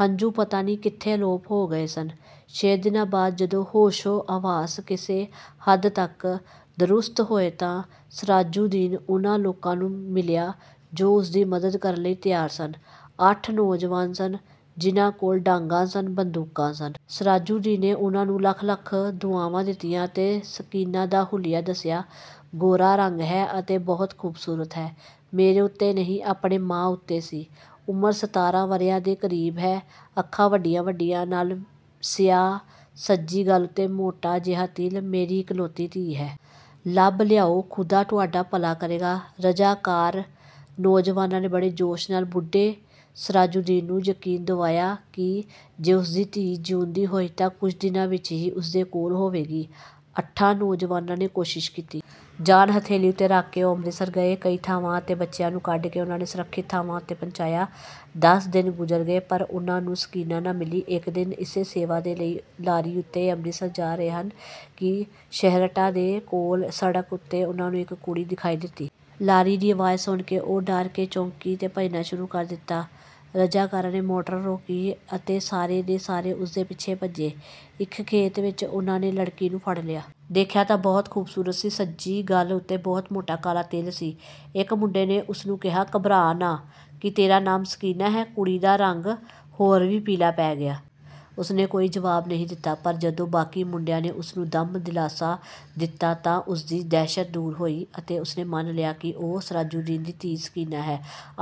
ਹੰਝੂ ਪਤਾ ਨਹੀਂ ਕਿੱਥੇ ਅਲੋਪ ਹੋ ਗਏ ਸਨ। ਛੇ ਦਿਨਾਂ ਬਾਅਦ ਜਦੋਂ ਹੋਸ਼ੋ-ਹਵਾਸ ਕਿਸੇ ਹੱਦ ਤੱਕ ਦਰੁਸਤ ਹੋਏ ਤਾਂ ਸਰਾਜੁਦੀਨ ਉਨ੍ਹਾਂ ਲੋਕਾਂ ਨੂੰ ਮਿਲ਼ਿਆ ਜੋ ਉਸਦੀ ਮਦਦ ਕਰਨ ਲਈ ਤਿਆਰ ਸਨ। ਅੱਠ ਨੌਜਵਾਨ ਸਨ, ਜਿਨ੍ਹਾਂ ਕੋਲ਼ ਡਾਂਗਾਂ ਸਨ, ਬੰਦੂਕਾਂ ਸਨ। ਸਰਾਜੁਦੀਨ ਨੇ ਉਨ੍ਹਾਂ ਨੂੰ ਲੱਖ-ਲੱਖ ਦੁਆਵਾਂ ਦਿੱਤੀਆਂ ਅਤੇ ਸਕੀਨਾ ਦਾ ਹੁਲੀਆ ਦੱਸਿਆ। ਗੋਰਾ ਰੰਗ ਹੈ ਅਤੇ ਬਹੁਤ ਖੂਬਸੂਰਤ ਹੈ। ਮੇਰੇ ਉੱਤੇ ਨਹੀਂ ਆਪਣੇ ਮਾਂ ਉੱਤੇ ਸੀ। ਉਮਰ ਸਤਾਰਾਂ ਵਰ੍ਹਿਆਂ ਦੇ ਕਰੀਬ ਹੈ। ਅੱਖਾਂ ਵੱਡੀਆਂ-ਵੱਡੀਆਂ, ਨਾਲ਼ ਸਿਆਹ, ਸੱਜੀ ਗੱਲ੍ਹ ਉੱਤੇ ਮੋਟਾ ਜਿਹਾ ਤਿਲ, ਮੇਰੀ ਇਕਲੌਤੀ ਧੀ ਹੈ। ਲੱਭ ਲਿਆਓ, ਖੁਦਾ ਤੁਹਾਡਾ ਭਲਾ ਕਰੇਗਾ। ਰਜਾਕਾਰ ਨੌਜਵਾਨਾਂ ਨੇ ਬੜੇ ਜੋਸ਼ ਨਾਲ਼ ਬੁੱਢੇ ਸਰਾਜੁਦੀਨ ਨੂੰ ਯਕੀਨ ਦਿਵਾਇਆ ਕਿ ਜੇ ਉਸਦੀ ਧੀ ਜਿਉਂਦੀ ਹੋਈ ਤਾਂ ਕੁੱਝ ਦਿਨਾਂ ਵਿੱਚ ਹੀ ਉਸਦੇ ਕੋਲ਼ ਹੋਵੇਗੀ। ਅੱਠਾਂ ਨੌਜਵਾਨਾਂ ਨੇ ਕੋਸ਼ਿਸ਼ ਕੀਤੀ। ਜਾਨ ਹਥੇਲ਼ੀ ਉੱਤੇ ਰੱਖ ਕੇ ਉਹ ਅੰਮ੍ਰਿਤਸਰ ਗਏ। ਕਈ ਥਾਵਾਂ ਅਤੇ ਬੱਚਿਆਂ ਨੂੰ ਕੱਢ-ਕੱਢ ਕੇ ਉਨ੍ਹਾਂ ਨੇ ਸੁਰੱਖਿਅਤ ਥਾਵਾਂ ਉੱਤੇ ਪਹੁੰਚਾਇਆ। ਦਸ ਦਿਨ ਗੁਜ਼ਰ ਗਏ, ਪਰ ਉਹਨਾਂ ਨੂੰ ਸਕੀਨਾ ਨਾ ਮਿਲ਼ੀ। ਇੱਕ ਦਿਨ ਇਸੇ ਸੇਵਾ ਦੇ ਲਈ ਲਾਰੀ ਉੱਤੇ ਅੰਮ੍ਰਿਤਸਰ ਜਾ ਰਹੇ ਸਨ ਕਿ ਛੇਹਰਟਾ ਦੇ ਕੋਲ਼ ਸੜਕ ਉੱਤੇ ਉਨ੍ਹਾਂ ਨੂੰ ਇੱਕ ਕੁੜੀ ਦਿਖਾਈ ਦਿੱਤੀ। ਲਾਰੀ ਦੀ ਅਵਾਜ਼ ਸੁਣ ਕੇ ਉਹ ਡਰ ਕੇ ਚੌਂਕੀ ਤੇ ਭੱਜਣਾ ਸ਼ੁਰੂ ਕਰ ਦਿੱਤਾ। ਰਜਾਕਾਰਾਂ ਨੇ ਮੋਟਰ ਰੋਕੀ ਅਤੇ ਸਾਰੇ ਦੇ ਸਾਰੇ ਉਸਦੇ ਪਿੱਛੇ ਭੱਜੇ। ਇੱਕ ਖੇਤ ਵਿੱਚ ਉਹਨਾਂ ਨੇ ਲੜਕੀ ਨੂੰ ਫੜ ਲਿਆ। ਦੇਖਿਆ ਤਾਂ ਬਹੁਤ ਖੂਬਸੂਰਤ ਸੀ। ਸੱਜੀ ਗੱਲ ਉੱਤੇ ਬਹੁਤ ਮੋਟਾ ਕਾਲ਼ਾ ਤਿਲ ਸੀ। ਇੱਕ ਮੁੰਡੇ ਨੇ ਉਸਨੂੰ ਕਿਹਾ, "ਘਬਰਾ ਨਾ, ਕੀ ਤੇਰਾ ਨਾਮ ਸਕੀਨਾ ਹੈ?" ਕੁੜੀ ਦਾ ਰੰਗ ਹੋਰ ਵੀ ਪੀਲ਼ਾ ਪੈ ਗਿਆ। ਉਸਨੇ ਕੋਈ ਜਵਾਬ ਨਹੀਂ ਦਿੱਤਾ। ਪਰ ਜਦੋਂ ਬਾਕੀ ਮੁੰਡਿਆਂ ਨੇ ਉਸਨੂੰ ਦਮ ਦਿਲਾਸਾ ਦਿੱਤਾ ਤਾਂ ਉਸਦੀ ਦਹਿਸ਼ਤ ਦੂਰ ਹੋਈ ਅਤੇ ਉਸਨੇ ਮੰਨ ਲਿਆ ਕਿ ਉਹ ਸਰਾਜੁਦੀਨ ਦੀ ਧੀ ਸਕੀਨਾ ਹੈ।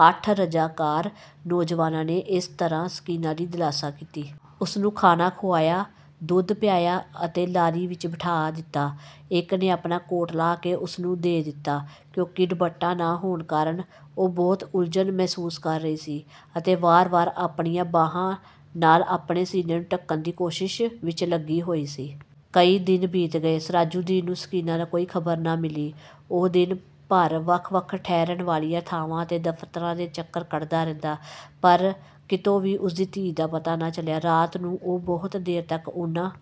ਅੱਠ ਰਜਾਕਾਰ ਨੌਜਵਾਨਾਂ ਨੇ ਇਸ ਤਰ੍ਹਾਂ ਸਕੀਨਾ ਦੀ ਦਿਲਾਸਾ ਕੀਤੀ। ਉਸਨੂੰ ਖਾਣਾ ਖੁਆਇਆ, ਦੁੱਧ ਪਿਆਇਆ ਅਤੇ ਲਾਰੀ ਵਿੱਚ ਬਿਠਾ ਦਿੱਤਾ। ਇੱਕ ਨੇ ਆਪਣਾ ਕੋਟ ਲਾਹ ਕੇ ਉਸਨੂੰ ਦੇ ਦਿੱਤਾ, ਕਿਉਂਕਿ ਦੁਪੱਟਾ ਨਾ ਹੋਣ ਕਾਰਨ ਉਹ ਬਹੁਤ ਉਲ਼ਝਣ ਮਹਿਸੂਸ ਕਰ ਰਹੀ ਸੀ ਅਤੇ ਵਾਰ-ਵਾਰ ਆਪਣੀਆਂ ਬਾਹਾਂ ਨਾਲ਼ ਆਪਣੇ ਸੀਨੇ ਨੂੰ ਢਕਣ ਦੀ ਕੋਸ਼ਿਸ਼ ਵਿੱਚ ਲੱਗੀ ਹੋਈ ਸੀ। ਕਈ ਦਿਨ ਬੀਤ ਗਏ, ਸਰਾਜੁਦੀਨ ਨੂੰ ਸਕੀਨਾ ਦੀ ਕੋਈ ਖ਼ਬਰ ਨਾ ਮਿਲ਼ੀ। ਉਹ ਦਿਨ ਭਰ ਵੱਖ-ਵੱਖ ਠਹਿਰਨ ਵਾਲੀਆਂ ਥਾਵਾਂ ਅਤੇ ਦਫ਼ਤਰਾਂ ਦੇ ਚੱਕਰ ਕੱਟਦਾ ਰਹਿੰਦਾ, ਪਰ ਕਿਤੋਂ ਵੀ ਉਸਦੀ ਧੀ ਦਾ ਪਤਾ ਨਾ ਚੱਲਿਆ। ਰਾਤ ਨੂੰ ਉਹ ਬਹੁਤ ਦੇਰ ਤੱਕ ਉਨ੍ਹਾਂ